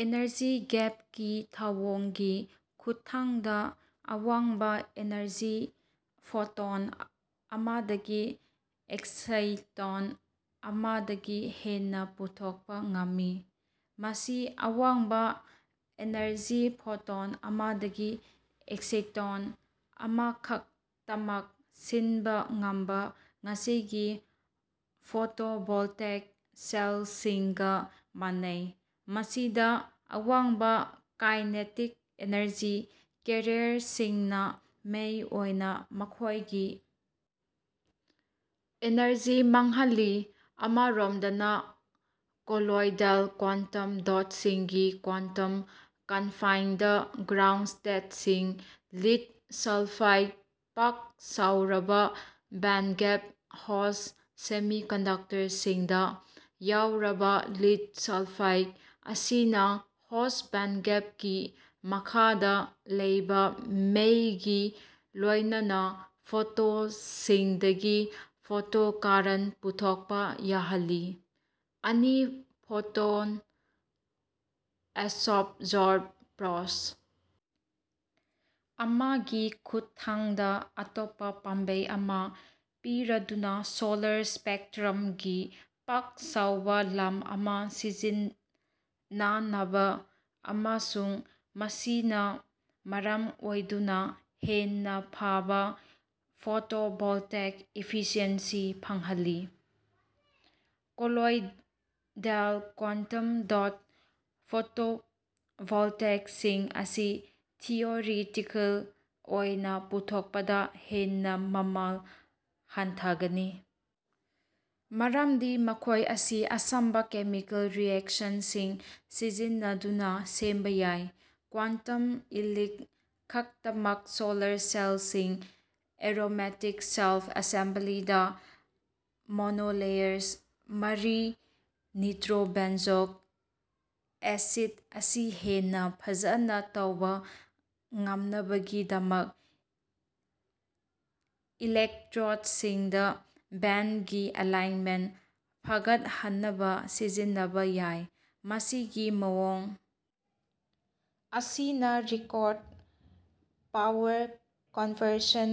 Energy gap ꯀꯤ ꯊꯧꯑꯣꯡꯒꯤ ꯈꯨꯠꯊꯥꯡꯗ ꯑꯋꯥꯡꯕ-ꯏꯅꯔꯖꯤ ꯐꯣꯇꯣꯟ ꯑꯃꯗꯒꯤ ꯑꯦꯛꯁꯤꯇꯣꯟ ꯑꯃꯗꯒꯤ ꯍꯦꯟꯅ ꯄꯨꯊꯣꯛꯄ ꯉꯝꯃꯤ꯫ ꯃꯁꯤ ꯑꯋꯥꯡꯕ-ꯏꯅꯔꯖꯤ ꯐꯣꯇꯣꯟ ꯑꯃꯗ ꯑꯦꯛꯁꯤꯇꯣꯟ ꯑꯃꯈꯛꯇꯃꯛ ꯁꯤꯟꯕ ꯉꯝꯕ ꯉꯁꯤꯒꯤ ꯐꯣꯇꯣꯚꯣꯜꯇꯦꯛ ꯁꯦꯜꯁꯤꯡꯒ ꯃꯥꯟꯅꯩ꯫ ꯃꯁꯤꯗ ꯑꯋꯥꯡꯕ ꯀꯥꯏꯅꯦꯇꯤꯛ ꯏꯅꯔꯖꯤ ꯀꯦꯔꯤꯌꯔꯁꯤꯡꯅ ꯃꯩ ꯑꯣꯏꯅ ꯃꯈꯣꯏꯒꯤ ꯏꯅꯔꯖꯤ ꯃꯥꯡꯍꯜꯂꯤ꯫ ꯑꯃꯔꯣꯝꯗꯅ ꯀꯣꯂꯣꯏꯗꯦꯜ ꯀ꯭ꯋꯥꯟꯇꯝ ꯗꯣꯠꯁꯤꯡꯒꯤ ꯀ꯭ꯋꯥꯟꯇꯝ ꯀꯟꯐꯥꯏꯟꯗ ꯒ꯭ꯔꯥꯎꯟꯁ꯭ꯇꯦꯠꯁꯤꯡ (ꯂꯤꯗ ꯁꯜꯐꯥꯏꯗ, ꯄꯥꯛ ꯆꯥꯎꯔꯕ ꯕꯦꯟꯒꯦꯞ ꯍꯣꯁ ꯁꯦꯃꯤꯀꯟꯗꯛꯇꯔꯁꯤꯡꯗ ꯌꯥꯎꯔꯕ ꯂꯤꯗ ꯁꯥꯜꯐꯥꯏꯗ) ꯑꯁꯤꯅ ꯍꯣꯁꯠ ꯕꯦꯟꯒꯦꯞꯀꯤ ꯃꯈꯥꯗ ꯂꯩꯕ ꯃꯩꯒꯤ ꯂꯣꯏꯅꯅ ꯐꯣꯇꯣꯟꯁꯤꯡꯗꯒꯤ ꯐꯣꯇꯣꯀꯔꯦꯟ ꯄꯨꯊꯣꯛꯄ ꯌꯥꯍꯜꯂꯤ꯫ ꯑꯅꯤ-ꯐꯣꯇꯣꯟ ꯁꯣꯕꯖꯣꯔꯞ ꯄ꯭ꯔꯣꯁ ꯑꯃꯒꯤ ꯈꯨꯠꯊꯥꯡꯗ ꯑꯇꯣꯞꯄ ꯄꯥꯝꯕꯩ ꯑꯃ ꯄꯤꯔꯗꯨꯅ ꯁꯣꯂꯔ ꯁ꯭ꯄꯦꯛꯇ꯭ꯔꯝꯒꯤ ꯄꯥꯛ ꯆꯥꯎꯕ ꯂꯝ ꯑꯃ ꯁꯤꯖꯤꯟꯅꯥꯟꯅꯕ ꯑꯃꯁꯨꯡ ꯃꯁꯤꯅ ꯃꯔꯝ ꯑꯣꯏꯗꯨꯅ ꯍꯦꯟꯅ ꯐꯕ ꯐꯣꯇꯣꯚꯣꯜꯇꯥꯏꯛ ꯏꯐꯤꯁꯤꯑꯦꯟꯁꯤ ꯐꯪꯍꯜꯂꯤ꯫ ꯀꯣꯂꯣꯏꯗꯦꯜ ꯀ꯭ꯋꯥꯟꯇꯝ ꯗꯣꯠ ꯐꯣꯇꯣꯚꯣꯜꯇꯥꯏꯛꯁꯤꯡ ꯑꯁꯤ ꯊꯤꯑꯣꯔꯤꯇꯤꯀꯦꯜ ꯑꯣꯏꯅ ꯄꯨꯊꯣꯛꯄꯗ ꯍꯦꯟꯅ ꯃꯃꯜ ꯍꯟꯊꯒꯅꯤ ꯃꯔꯝꯗꯤ ꯃꯈꯣꯏ ꯑꯁꯤ ꯑꯆꯝꯕ ꯀꯦꯃꯤꯀꯦꯜ ꯔꯤꯑꯦꯛꯁꯟꯁꯤꯡ ꯁꯤꯖꯤꯟꯅꯗꯨꯅ ꯁꯦꯝꯕ ꯌꯥꯏ꯫ ꯀ꯭ꯋꯥꯟꯇꯝ ꯏꯂꯤꯛ ꯈꯛꯇꯃꯛ ꯁꯣꯂꯔ ꯁꯦꯜꯁꯤꯡ ꯑꯦꯔꯣꯃꯦꯇꯤꯛ ꯁꯦꯜꯐ ꯑꯦꯁꯦꯝꯕꯂꯤꯗ ꯃꯣꯅꯣꯂꯦꯌꯔꯁ (ꯃꯔꯤ-ꯅꯤꯇ꯭ꯔꯣꯕꯦꯟꯖꯣꯛ ꯑꯦꯁꯤꯗ) ꯑꯁꯤ ꯍꯦꯟꯅ ꯐꯖꯅ ꯇꯧꯕ ꯉꯝꯅꯕꯒꯤꯗꯃꯛ ꯏꯂꯦꯛꯇ꯭ꯔꯣꯗꯁꯤꯡꯗ ꯕꯦꯟꯒꯤ ꯑꯦꯂꯥꯏꯟꯃꯦꯟꯠ ꯐꯒꯠꯍꯟꯅꯕ ꯁꯤꯖꯤꯟꯅꯕ ꯌꯥꯏ꯫ ꯃꯁꯤꯒꯤ ꯃꯑꯣꯡ ꯑꯁꯤꯅ ꯔꯦꯀꯣꯔꯗ ꯄꯥꯋꯔ ꯀꯟꯚꯔꯁꯟ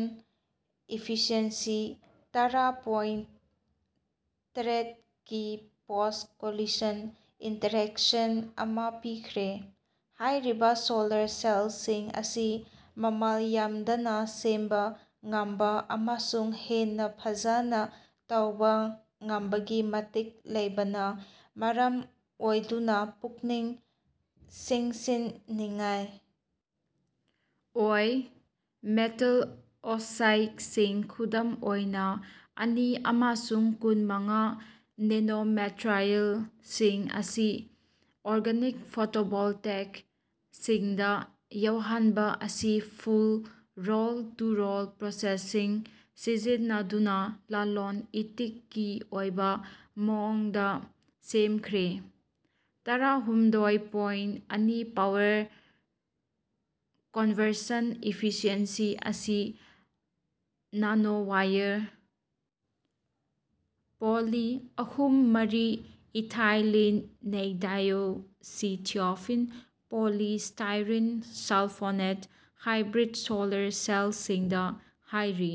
ꯑꯦꯐꯤꯁꯤꯌꯦꯟꯁꯤ (ꯇꯔꯥ ꯄꯣꯏꯟꯠ ꯇꯔꯦꯠ ꯒꯤ ꯄꯣꯁꯇ ꯀꯣꯂꯤꯖꯟ ꯏꯟꯇꯔꯦꯛꯁꯟ ꯑꯃ ꯄꯤꯈ꯭ꯔꯦ꯫ ꯍꯥꯏꯔꯤꯕ ꯁꯣꯂꯔ ꯁꯦꯜꯁꯤꯡ ꯑꯁꯤ ꯃꯃꯜ ꯌꯥꯝꯗꯅ ꯁꯦꯝꯕ ꯉꯝꯕ ꯑꯃꯁꯨꯡ ꯍꯦꯟꯅ ꯐꯖꯅ ꯇꯧꯕ ꯉꯝꯕꯒꯤ ꯃꯇꯤꯛ ꯂꯩꯕꯅ ꯃꯔꯝ ꯑꯣꯏꯗꯨꯅ ꯄꯨꯛꯅꯤꯡ ꯆꯤꯡꯁꯤꯟꯅꯤꯡꯉꯥꯏ ꯑꯣꯏ꯫ ꯃꯦꯇꯥꯜ ꯑꯣꯛꯁꯥꯏꯗꯁꯤꯡ ꯈꯨꯗꯝ ꯑꯣꯏꯅ ꯑꯅꯤ ꯑꯃꯁꯨꯡ ꯀꯨꯟ - ꯃꯉꯥ ꯅꯦꯅꯣꯃꯦꯇ꯭ꯔꯤꯌꯜꯁꯤꯡ ꯑꯁꯤ ꯑꯣꯔꯒꯅꯤꯛ ꯐꯣꯇꯣꯚꯣꯜꯇꯦꯛꯁꯤꯡꯗ ꯌꯥꯎꯍꯟꯕ ꯑꯁꯤ ꯐꯨꯜ ꯔꯣꯜ-ꯇꯨ-ꯔꯣꯜ ꯄ꯭ꯔꯣꯁꯦꯁꯡ ꯁꯤꯖꯤꯟꯅꯗꯨꯅ ꯂꯂꯣꯟ ꯏꯇꯤꯛꯀꯤ ꯑꯣꯏꯕ ꯃꯑꯣꯡꯗ ꯁꯦꯝꯈ꯭ꯔꯦ꯫ ꯇꯔꯥꯍꯨꯝꯗꯣꯏ ꯄꯣꯏꯟꯠ ꯑꯅꯤ ꯄꯥꯋꯔ ꯀꯟꯚꯔꯁꯟ ꯑꯦꯐꯤꯁꯤꯑꯦꯟꯁꯤ ꯑꯁꯤ ꯅꯥꯅꯣꯋꯥꯏꯌꯔ ꯄꯣꯂꯤ (ꯑꯍꯨꯝ, ꯃꯔꯤ- ethylenedioxythiophene): poly (styrene sulfonate) hybrid solar ꯁꯦꯜꯁꯤꯡꯗ ꯍꯥꯏꯔꯤ꯫